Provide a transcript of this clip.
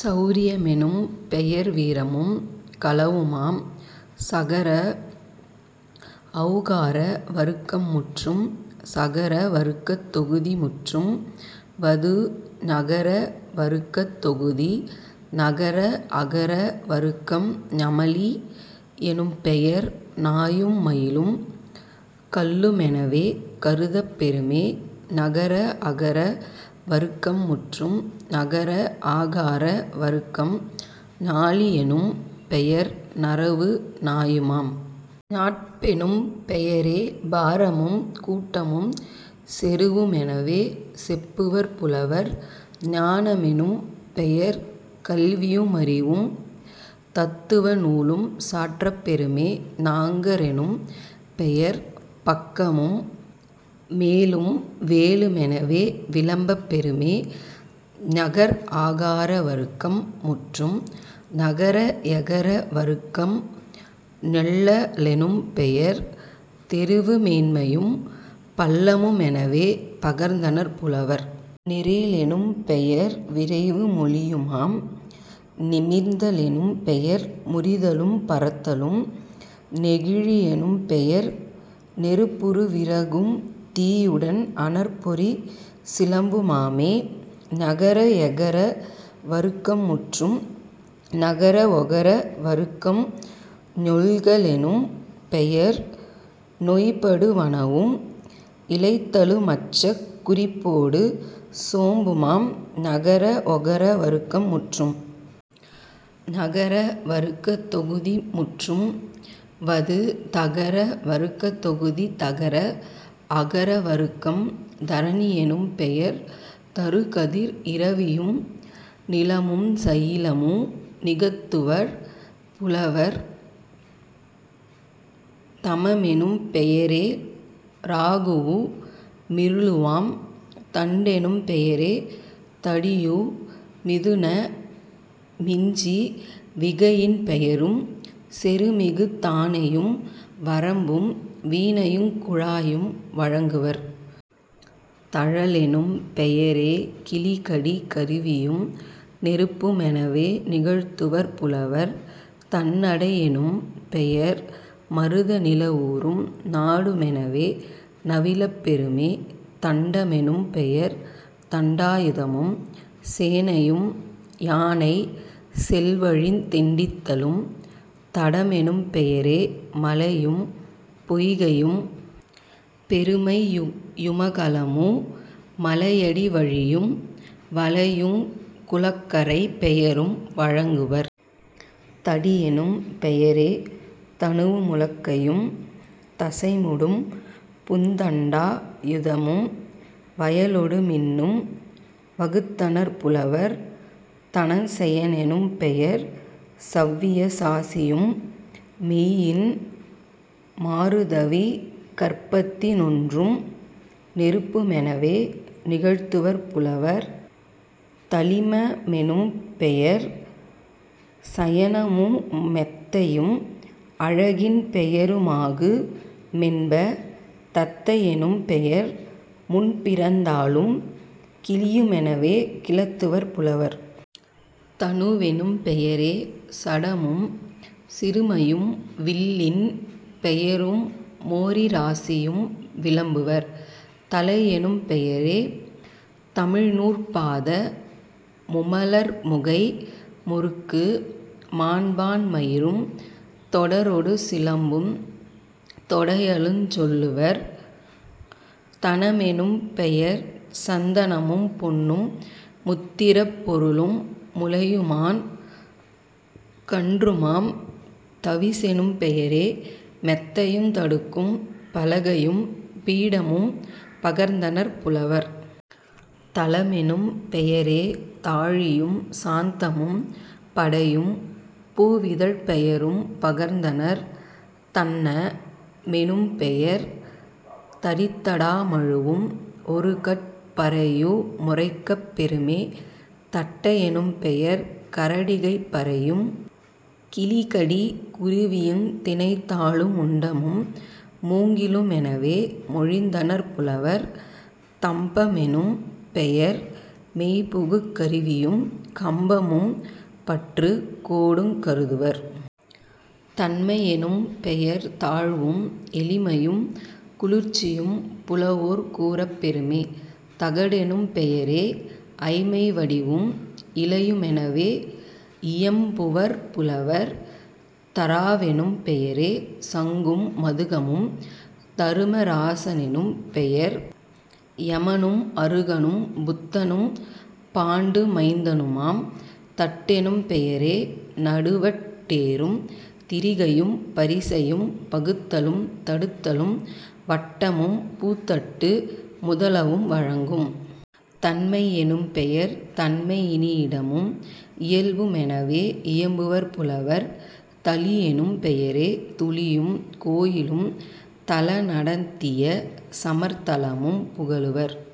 செளரிய மெனும்பெயர் வீரமும் களவுமாம்.... சகர ஒளகார வருக்கம் முற்றும். சகர வருக்கத் தொகுதி முற்றும். வது ஞகர வருக்கத் தொகுதி ஞகர அகர வருக்கம் ஞமலி யெனும்பெயர் நாயும் மயிலும் கள்ளு மெனவே கருதப் பெறுமே..... ஞகர அகர வருக்கம் முற்றும். ஞகர ஆகார வருக்கம் ஞாளி யெனும்பெயர் நறவு நாயுமாம்..... ஞாட்பெனும் பெயரே பாரமும் கூட்டமும் செருவு மெனவே செப்புவர் புலவர்..... ஞான மெனும்பெயர் கல்வியு மறிவுந் தத்துவ நூலுஞ் சாற்றப் பெறுமே..... ஞாங்க ரெனும்பெயர் பக்கமு மேலும் வேலு மெனவே விளம்பப் பெறுமே..... ஞகர ஆகார வருக்கம் முற்றும். ஞகர எகர வருக்கம் ஞெள்ள லெனும்பெயர் தெருவு மேன்மையும் பள்ளமு மெனவே பகர்ந்தனர் புலவர்..... ஞெரே லெனும்பெயர் விரைவு மொலியுமாம்..... ஞெமிர்த லெனும்பெயர் முறிதலும் பரத்தலும்..... ஞெகிழி யெனும்பெயர் நெருப்புறு விறகும் தீயுடன் அனற்பொறி சிலம்பு மாமே..... ஞகர எகர வருக்கம் முற்றும். ஞகர ஒகர வருக்கம் ஞொள்க லெனும்பெயர் நொய்படு வனவும் இளைத்தலு மச்சக் குறிப்போடு சோம்புமாம்..... ஞகர ஒகர வருக்கம் முற்றும். ஞகர வருக்கத் தொகுதி முற்றும். வது தகர வருக்கத் தொகுதி தகர அகர வருக்கம் தரணி யெனும்பெயர் தருகதிர் இரவியும் நிலமுஞ் சயிலமு நிகழ்த்துவர் புலவர்..... தமமெனும் பெயரே ராகுவு மிருளுமாம்..... தண்டெனும் பெயரே தடியு மிதுனமுஞ் சிவிகையின் பெயரும் செருமிகு தானையும் வரம்பும் வீணையுங் குழாயும் வழங்குவர்..... தழலெனும் பெயரே கிளிகடி கருவியும் நெருப்பு மெனவே நிகழ்த்துவர் புலவர்..... தண்ணடை யெனும்பெயர் மருத நிலவூரும் நாடு மெனவே நவிலப் பெறுமே..... தண்ட மெனும்பெயர் தண்டா யுதமும் சேனையும் யானை செல்வழியுந் தெண்டித்தலும்..... தடமெனும் பெயரே மலையும் பொய்கையும் பெருமையு மகலமு மலையடி வழியும் வளைவுங் குளக்கரைப் பெயரும் வழங்குவர்..... தடியெனும் பெயரே தனுவு முலக்கையும் தசையு முடும்புந் தண்டா யுதமும் வயலொடு மின்னும் வகுத்தனர் புலவர்..... தனஞ்செய னெனும்பெயர் சவ்விய சாசியும் மெய்யின் மாருத விகற்பத்தி னொன்றும் நெருப்பு மெனவே நிகழ்த்துவர் புலவர்..... தளிம மெனும்பெயர் சயனமு மெத்தையும் அழகின் பெயரு மாகு மென்ப..... தத்தை யெனும்பெயர் முன்பிறந் தாளும் கிளியு மெனவே கிளத்துவர் புலவர்..... தனுவெனும் பெயரே சடமும் சிறுமையும் வில்லின் பெயரு மோரிராசியும் விளம்புவர்..... தளையெனும் பெயரே தமிழ்நூற் பாதமு மலர்முகை முறுக்கு மாண்பான் மயிரும் தொடரொடு சிலம்புந் தொடையலுஞ் சொல்லுவர்..... தனமெனும் பெயர்சந் தனமும் பொன்னும் முத்திறப் பொருளு முலையுமான் கன்றுமாம்..... தவிசெனும் பெயரே மெத்தையுந் தடுக்கும் பலகையும் பீடமும் பகர்ந்தனர் புலவர்..... தளமெனும் பெயரே தாழியும் சாந்தமும் படையும் பூவிதழ்ப் பெயரும் பகர்ந்தனர்.....। தண்ண மெனும்பெயர் தரித்தடா மழுவும் ஒருகட் பறையு முரைக்கப் பெறுமே..... தட்டை யெனும்பெயர் கரடிகைப் பறையும் கிளிகடி குருவியுந் தினைத்தாளு முண்டமும் மூங்கிலு மெனவே மொழிந்தனர் புலவர்..... தம்ப மெனும்பெயர் மெய்புகு கருவியும் கம்பமும் பற்றுக் கோடுங் கருதுவர்..... தண்மை யெனும்பெயர் தாழ்வும் எளிமையும் குளிர்ச்சியும் புலவோர் கூறப்பெறுமே..... தகடெனும் பெயரே ஐமை வடிவும் இலையு மெனவே யியம்புவர் புலவர்..... தராவெனும் பெயரே சங்கும் மதுகமும்..... தரும ராச னெனும்பெயர் யமனும் அருகனும் புத்தனும் பாண்டு மைந்தனுமாம்..... தட்டெனும் பெயரே நடுவட் டேரும் திரிகையும் பரிசையும் பகுத்தலும் தடுத்தலும் வட்டமும் பூத்தட்டு முதலவும் வழங்கும்..... தன்மை யெனும்பெயர் தன்மை யினிடமும் இயல்பு மெனவே இயம்புவர் புலவர்..... தளியெனும் பெயரே துளியும் கோயிலும் தளநடத் தியசமர்த் தலமும் புகலுவர்.